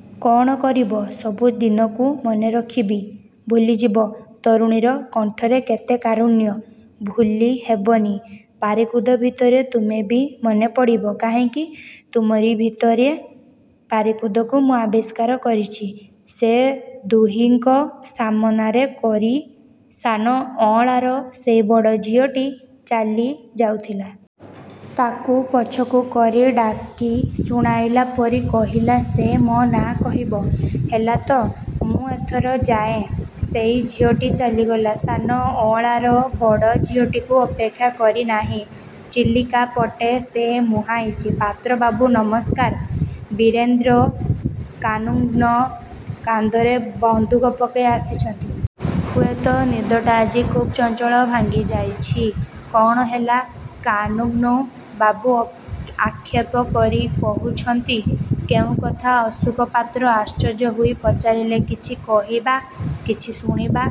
' 'କଣ କରିବ? ' 'ସବୁ ଦିନକୁ ମନେରଖିବି। ' 'ଭୁଲିଯିବ! ତରୁଣୀର କଣ୍ଠରେ କେତେ କାରୁଣ୍ୟ! 'ଭୁଲି ହେବନି'। ପାରିକୁଦ ଭିତରେ ତୁମେବି ମନେପଡ଼ିବ। 'କାହିଁକି? ' 'ତୁମରି ଭିତରେ ପାରିକୁଦକୁ ମୁଁ ଆବିଷ୍କାର କରିଛି। ' ସେ ଦୁହିଙ୍କ ସାମନାରେ କରି ସାନ ଅଁଳାର ସେଇ ବଡ଼ ଝିଅଟି ଚାଲି ଯାଉଥିଲା। ତାକୁ ପଛକୁ କରି ଡାକି, ଶୁଣାଇଲା ପରି କହିଲା, 'ସେ ମୋ ନାଁ କହିବ। ହେଲାତ? ମୁଁ ଏଥର ଯାଏଁ। ' ସେଇ ଝିଅଟି ଚାଲିଗଲା। 'ସାନ ଅଁଳା'ର ବଡ଼ ଝିଅଟିକି ଅପେକ୍ଷା କରିନାହିଁ। ଚିଲିକା ପଟେ ସେ ମୁହାଁଇଛି। 'ପାତ୍ର ବାବୁ ନମସ୍କାର! ' ବୀରେନ୍ଦ୍ର କାନୁନ୍ଗୋ କାନ୍ଧରେ ବନ୍ଧୁକ ପକାଇ ଆସିଛନ୍ତି। ହୁଏତ ନିଦଟା ଆଜି ଖୁବ୍ ଚଞ୍ଚଳ ଭାଙ୍ଗି ଯାଇଛି। 'କଣ ହେଲା? ' କାନୁନ୍ଗୋ ବାବୁ ଆକ୍ଷେପ କରି କହୁଛନ୍ତି। 'କେଉଁ କଥା? ' ଅଶୋକ ପାତ୍ର ଆଶ୍ଚର୍ଯ୍ୟ ହୋଇ ପଚାରିଲେ। 'କିଛି କହିବା, କିଛି ଶୁଣିବା।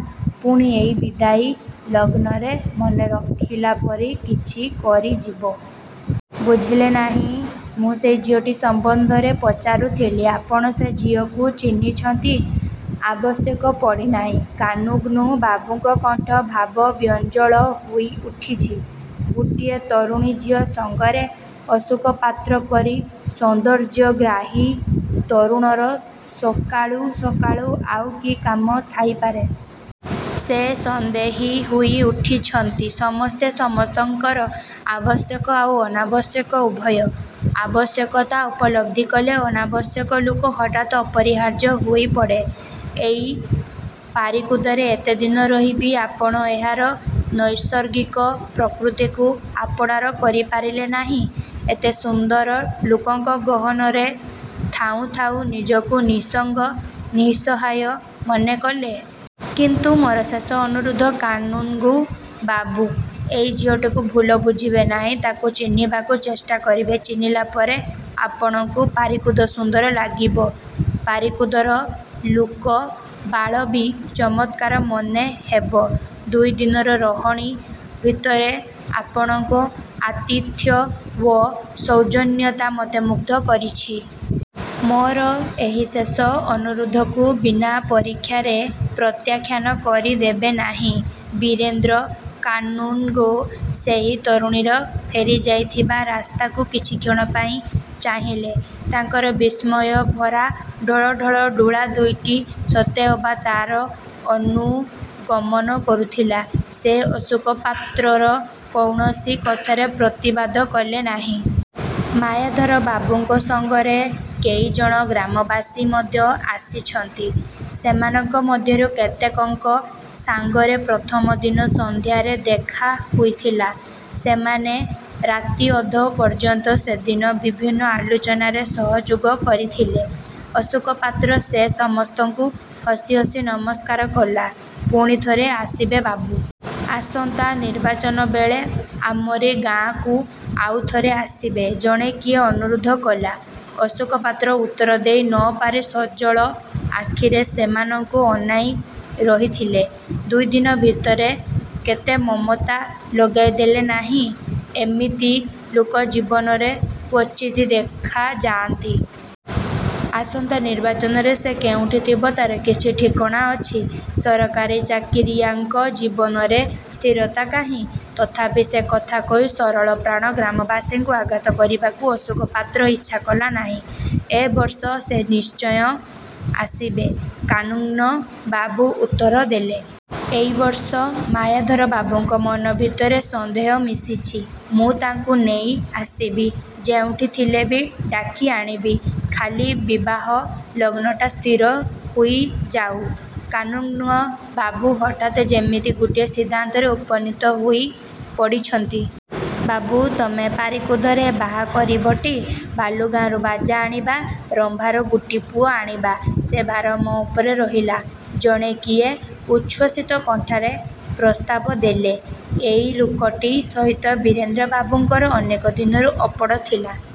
ପୁଣି ଏଇ ବିଦାୟୀ ଲଗ୍ନରେ ମନେରଖିଲା ପରି କିଛି କରିଯିବ। ବୁଝିଲେ ନାହିଁ? ମୁଁ ସେଇ ଝିଅଟି ସମ୍ବନ୍ଧରେ ପଚାରୁଥିଲି! ' 'ଆପଣ ସେ ଝିଅକୁ ଚିହ୍ନିଛନ୍ତି? ' 'ଆବଶ୍ୟକ ପଡ଼ିନାହିଁ। ' କାନୁନ୍ଗୋ ବାବୁଙ୍କ କଣ୍ଠ ଭାବ ବ୍ୟଞ୍ଜଳ ହୋଇ ଉଠିଛି। ଗୋଟିଏ ତରୁଣୀ ଝିଅ ସଙ୍ଗରେ ଅଶୋକ ପାତ୍ର ପରି ସୌନ୍ଦର୍ଯ୍ୟଗ୍ରାହୀ ତରୁଣର ସକାଳୁ, ସକାଳୁ ଆଉ କି କାମ ଥାଇପାରେ? ସେ ସନ୍ଦେହୀ ହୋଇ ଉଠିଛନ୍ତି। 'ସମସ୍ତେ ସମସ୍ତଙ୍କର ଆବଶ୍ୟକ ଆଉ ଅନାବଶ୍ୟକ ଉଭୟ। ଆବଶ୍ୟକତା ଉପଲବ୍ଧି କଲେ ଅନାବଶ୍ୟକ ଲୋକ ହଠାତ୍ ଅପରିହାର୍ଯ୍ୟ ହୋଇପଡ଼େ। ଏଇ ପାରିକୁଦରେ ଏତେଦିନ ରହି ବି ଆପଣ ଏହାର ନୈସର୍ଗିକ ପ୍ରକୃତିକୁ ଆପଣାର କରିପାରିଲେ ନାହିଁ। ଏତେ ସୁନ୍ଦର ଲୋକଙ୍କ ଗହନରେ ଥାଉଁ ଥାଉଁ, ନିଜକୁ ନିଃସଙ୍ଗ, ନିଃସହାୟ ମନେକଲେ। କିନ୍ତୁ ମୋର ଶେଷ ଅନୁରୋଧ କାନୁନ୍ଗୋ ବାବୁ, ଏଇ ଝିଅଟିକୁ ଭୁଲ ବୁଝିବେ ନାହିଁ। ତାକୁ ଚିହ୍ନିବାକୁ ଚେଷ୍ଟା କରିବେ। ଚିହ୍ନିଲା ପରେ ଆପଣଙ୍କୁ ପାରିକୁଦ ସୁନ୍ଦର ଲାଗିବ। ପାରିକୁଦର ଲୋକବାଳ ବି ଚମତ୍କାର ମନେହେବେ। ଦୁଇଦିନର ରହଣି ଭିତରେ ଆପଣଙ୍କ ଆତିଥ୍ୟ ଓ ସୌଜନ୍ୟତା ମୋତେ ମୁଗ୍ଧ କରିଛି। ମୋର ଏହି ଶେଷ ଅନୁରୋଧକୁ ବିନା ପରୀକ୍ଷାରେ ପ୍ରତ୍ୟାଖାନ କରିଦେବେ ନାହିଁ। ' ବୀରେନ୍ଦ୍ର କାନୁନ୍ଗୋ ସେହି ତରୁଣୀର ଫେରିଯାଇଥିବା ରାସ୍ତାକୁ କିଛିକ୍ଷଣ ପାଇଁ ଚାହିଁଲେ। ତାଙ୍କର ବିସ୍ମୟଭରା ଢଳଢ଼ଳ ଡୋଳା ଦୁଇଟି ସତେ ଅବା ତାର ଅନୁଗମନ କରୁଥିଲା। ସେ ଅଶୋକ ପାତ୍ରର କୌଣସି କଥାରେ ପ୍ରତିବାଦ କଲେ ନାହିଁ। ମାୟାଧର ବାବୁଙ୍କ ସଙ୍ଗରେ କେଇଜଣ ଗ୍ରାମବାସୀ ମଧ୍ୟ ଆସିଛନ୍ତି। ସେମାନଙ୍କ ମଧ୍ୟରୁ କେତେକଙ୍କ ସାଙ୍ଗରେ ପ୍ରଥମ ଦିନ ସନ୍ଧ୍ୟାରେ ଦେଖା ହୋଇଥିଲା। ସେମାନେ ରାତିଅଧ ପର୍ଯ୍ୟନ୍ତ ସେଦିନ ବିଭିନ୍ନ ଆଲୋଚନାରେ ସହଯୋଗ କରିଥିଲେ। ଅଶୋକ ପାତ୍ର ସେ ସମସ୍ତଙ୍କୁ ହସି ହସି ନମସ୍କାର କଲା। 'ପୁଣିଥରେ ଆସିବେ ବାବୁ! ଆସନ୍ତା ନିର୍ବାଚନ ବେଳେ ଆମରି ଗାଁକୁ ଆଉଥରେ ଆସିବେ। ' ଜଣେ କିଏ ଅନୁରୋଧ କଲା। ଅଶୋକ ପାତ୍ର ଉତ୍ତର ଦେଇ ନ ପାରି ସଜଳ ଆଖିରେ ସେମାନଙ୍କୁ ଅନାଇଁ ରହିଥିଲେ-। ଦୁଇଦିନ ଭିତରେ କେତେ ମମତା ଲଗାଇ ଦେଲେ ନାହିଁ! ଏମିତି ଲୋକ ଜୀବନରେ କ୍ୱଚିତ୍ ଦେଖାଯାନ୍ତି। ଆସନ୍ତା ନିର୍ବାଚନରେ ସେ କେଉଁଠି ଥିବ ତାର କିଛି ଠିକଣା ଅଛି? ସରକାରୀ ଚାକିରିଆଙ୍କ ଜୀବନରେ ସ୍ଥିରତା କାହିଁ? ତଥାପି ସେ କଥା କହି ସରଳ ପ୍ରାଣ ଗ୍ରାମବାସୀଙ୍କୁ ଆଘାତ କରିବାକୁ ଅଶୋକ ପାତ୍ର ଇଚ୍ଛା କଲାନାହିଁ। 'ଏ ବର୍ଷ ସେ ନିଶ୍ଚୟ ଆସିବେ। ' କାନୁନ୍ଗୋ ବାବୁ ଉତ୍ତର ଦେଲେ। 'ଏଇ ବର୍ଷ? ' ମାୟାଧର ବାବୁଙ୍କ ମନ ଭିତରେ ସନ୍ଦେହ ମିଶିଛି। 'ମୁଁ ତାଙ୍କୁ ନେଇ ଆସିବି। ଯେଉଁଠି ଥିଲେ ବି ଡାକି ଆଣିବି। ଖାଲି ବିବାହ ଲଗ୍ନଟା ସ୍ଥିର ହୋଇଯାଉ। ' କାନୁନ୍ଗୋ ବାବୁ ହଠାତ୍ ଯେମିତି ଗୋଟିଏ ସିଦ୍ଧାନ୍ତରେ ଉପନୀତ ହୋଇ ପଡ଼ିଛନ୍ତି। 'ବାବୁ ତମେ ପାରିକୁଦରେ ବାହା କରିବଟି? ବାଲୁଗାଁରୁ ବାଜା ଆଣିବା। ରମ୍ଭାରୁ ଗୋଟିପୁଅ ଆଣିବା। ସେ ଭାର ମୋ ଉପରେ ରହିଲା। ' ଜଣେ କିଏ ଉଚ୍ଛ୍ୱସିତ କଣ୍ଠରେ ପ୍ରସ୍ତାବ ଦେଲେ। 'ଏଇ ଲୋକଟି ସହିତ ବୀରେନ୍ଦ୍ର ବାବୁଙ୍କର ଅନେକ ଦିନରୁ ଅପଡ଼ ଥିଲା।